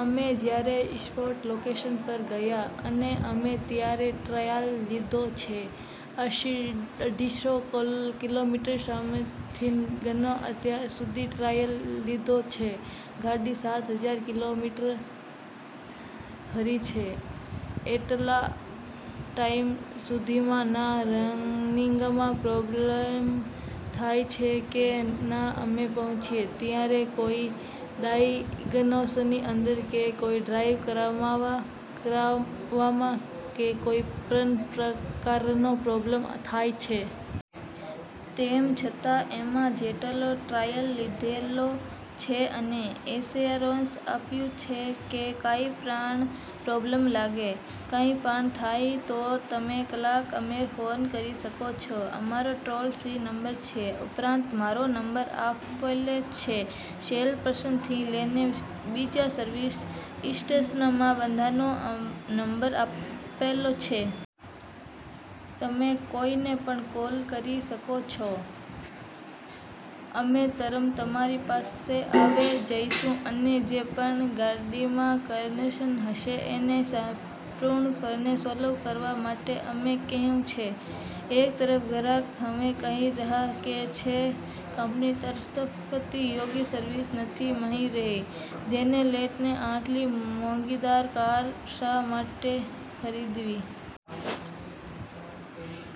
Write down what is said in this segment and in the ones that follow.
અમે જ્યારે sport location પર ગયા અને અમે ત્યારે ટ્રાયલ લીધો છે. અઢીસો કિલોમીટર સમથીંગનો અત્યાર સુધી ટ્રાયલ લીધો છે. ગાડી સાત હજાર કિલોમીટર ફરી છે. એટલા ટાઈમ સુધીમાં ના રનીંગમાં પ્રોબ્લેમ થાય છે કે ના અમે પહોંચે છે ત્યારે કોઈ ડાયગ્નોસની અંદર કે, કોઈ ડ્રાઈવ કરવામાં, કે કોઈ પણ પ્રકારનો પ્રોબ્લેમ થાય છે. તેમ છતાં એમાં જેટલો ટ્રાય લીધેલો છે અને ઇન્સ્યોરન્સ આપ્યું છે કે કંઈ પણ પ્રોબ્લેમ લાગે કંઈ પણ થાય તો તમે કલાક અમને ફોન કરી શકો છો. અમારો ટોલ ફ્રી નંબર છે, ઉપરાંત મારો નંબર આપેલો છે, સેલ પર્સનથી લઈને બીજા સર્વિસ સ્ટેશનમાં બધાનો નંબર આપેલો છે. તમે કોઈને પણ કોલ કરી શકો છો. અમે તરત તમારી પાસે આવી જઈશું અને જે પણ ગાડીમાં કન્શન હશે એને સંપૂર્ણપણે સોલ્વ કરવા માટે અમે કહ્યું છે. " એક તરફ ગ્રાહક એવું કહી રહ્યા છે કે કંપની તરફથી યોગ્ય સર્વિસ નથી મળી રહી જેને લઈને આટલી મોંઘીદાટ કાર શા માટે ખરીદવી?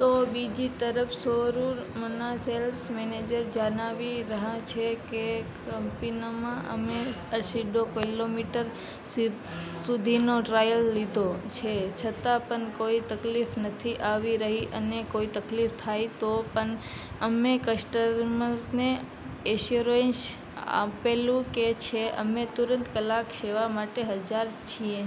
તો બીજી તરફ શોરૂમના સેલ્સ મેનેજર જણાવી રહ્યા છે કે કંપનીમાં અમે અઢીસો કિલોમીટર સુધીનો ટ્રાયલ લીધો છે. છતાં પણ કોઈતકલીફ નથી આવી રહી અને કોઈ તકલીફ થાય તો પણ અમે કસ્ટમરને એશ્યોરન્સ આપેલું છે કે અમે તુરંતકલાક સેવા માટે હાજર છીએ.